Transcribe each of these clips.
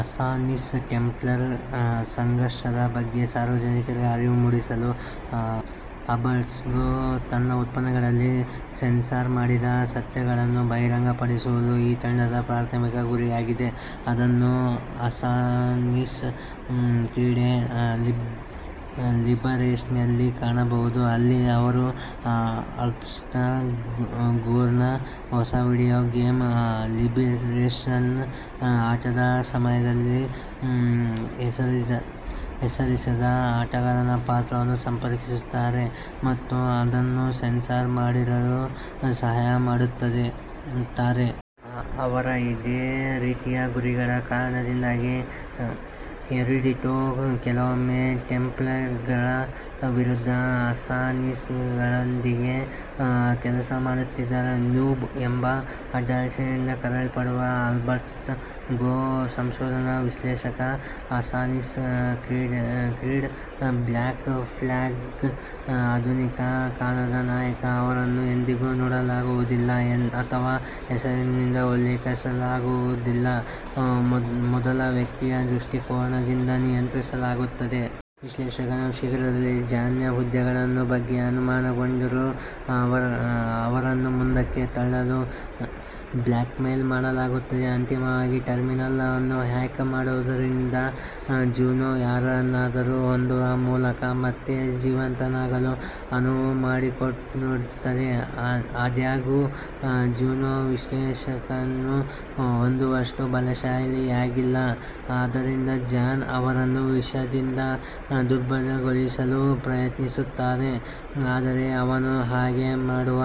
Assassin-Templar ಸಂಘರ್ಷದ ಬಗ್ಗೆ ಸಾರ್ವಜನಿಕರಿಗೆ ಅರಿವು ಮೂಡಿಸಲು, ಅಬ್ಸ್ಟರ್ಗೊ ತನ್ನ ಉತ್ಪನ್ನಗಳಲ್ಲಿ ಸೆನ್ಸಾರ್ ಮಾಡಿದ ಸತ್ಯಗಳನ್ನು ಬಹಿರಂಗಪಡಿಸುವುದು ಈ ತಂಡದ ಪ್ರಾಥಮಿಕ ಗುರಿಯಾಗಿದೆ. ಇದನ್ನು ಅಸ್ಸಾಸಿನ್ಸ್ ಕ್ರೀಡ್: ಲಿಬರೇಷನ್ನಲ್ಲಿ ಕಾಣಬಹುದು, ಅಲ್ಲಿ ಅವರು ಅಬ್ಸ್ಟರ್ಗೊನ ಹೊಸ ವಿಡಿಯೋ ಗೇಮ್, ಲಿಬರೇಷನ್ನ ಆಟದ ಸಮಯದಲ್ಲಿ ಹೆಸರಿಸದ ಆಟಗಾರನ ಪಾತ್ರವನ್ನು ಸಂಪರ್ಕಿಸುತ್ತಾರೆ ಮತ್ತು ಅದನ್ನು ಸೆನ್ಸಾರ್ ಮಾಡದಿರಲು ಸಹಾಯ ಮಾಡುತ್ತಾರೆ. ಅವರ ಇದೇ ರೀತಿಯ ಗುರಿಗಳ ಕಾರಣದಿಂದಾಗಿ, ಎರುಡಿಟೊ ಕೆಲವೊಮ್ಮೆ ಟೆಂಪ್ಲರ್ಗಳ ವಿರುದ್ಧ ಅಸ್ಸಾಸಿನ್ಗಳೊಂದಿಗೆ ಕೆಲಸ ಮಾಡುತ್ತಿದ್ದರು. "ನೂಬ್" ಎಂಬ ಅಡ್ಡಹೆಸರಿನಿಂದ ಕರೆಯಲ್ಪಡುವ ಅಬ್ಸ್ಟರ್ಗೊ ಸಂಶೋಧನಾ ವಿಶ್ಲೇಷಕ, ಅಸ್ಸಾಸಿನ್ಸ್ ಕ್ರೀಡ್: ಬ್ಲ್ಯಾಕ್ ಫ್ಲ್ಯಾಗ್ನ ಆಧುನಿಕ ಕಾಲದ ನಾಯಕ. ಅವರನ್ನು ಎಂದಿಗೂ ನೋಡಲಾಗುವುದಿಲ್ಲ ಅಥವಾ ಹೆಸರಿನಿಂದ ಉಲ್ಲೇಖಿಸಲಾಗುವುದಿಲ್ಲ, ಮೊದಲ-ವ್ಯಕ್ತಿಯ ದೃಷ್ಟಿಕೋನದಿಂದ ನಿಯಂತ್ರಿಸಲಾಗುತ್ತದೆ. ವಿಶ್ಲೇಷಕನು ಶೀಘ್ರದಲ್ಲೇ ಜಾನ್ನ ಉದ್ದೇಶಗಳ ಬಗ್ಗೆ ಅನುಮಾನಗೊಂಡರೂ, ಅವರನ್ನು ಮುಂದಕ್ಕೆ ತಳ್ಳಲು ಬ್ಲ್ಯಾಕ್ಮೇಲ್ ಮಾಡಲಾಗುತ್ತದೆ, ಅಂತಿಮವಾಗಿ ಟರ್ಮಿನಲ್ ಅನ್ನು ಹ್ಯಾಕ್ ಮಾಡುವುದರಿಂದ ಜುನೋ ಯಾರನ್ನಾದರೂ ಹೊಂದುವ ಮೂಲಕ ಮತ್ತೆ ಜೀವಂತವಾಗಲು ಅನುವು ಮಾಡಿಕೊಡುತ್ತದೆ. ಆದಾಗ್ಯೂ, ಜುನೋ ವಿಶ್ಲೇಷಕನನ್ನು ಹೊಂದುವಷ್ಟು ಬಲಶಾಲಿಯಾಗಿಲ್ಲ, ಆದ್ದರಿಂದ ಜಾನ್ ಅವರನ್ನು ವಿಷದಿಂದ ದುರ್ಬಲಗೊಳಿಸಲು ಪ್ರಯತ್ನಿಸುತ್ತಾನೆ, ಆದರೆ ಅವನು ಹಾಗೆ ಮಾಡುವ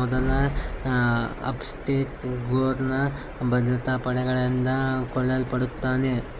ಮೊದಲೇ ಅಬ್ಸ್ಟೆರ್ಗೊನ ಭದ್ರತಾ ಪಡೆಗಳಿಂದ ಕೊಲ್ಲಲ್ಪಡುತ್ತಾನೆ.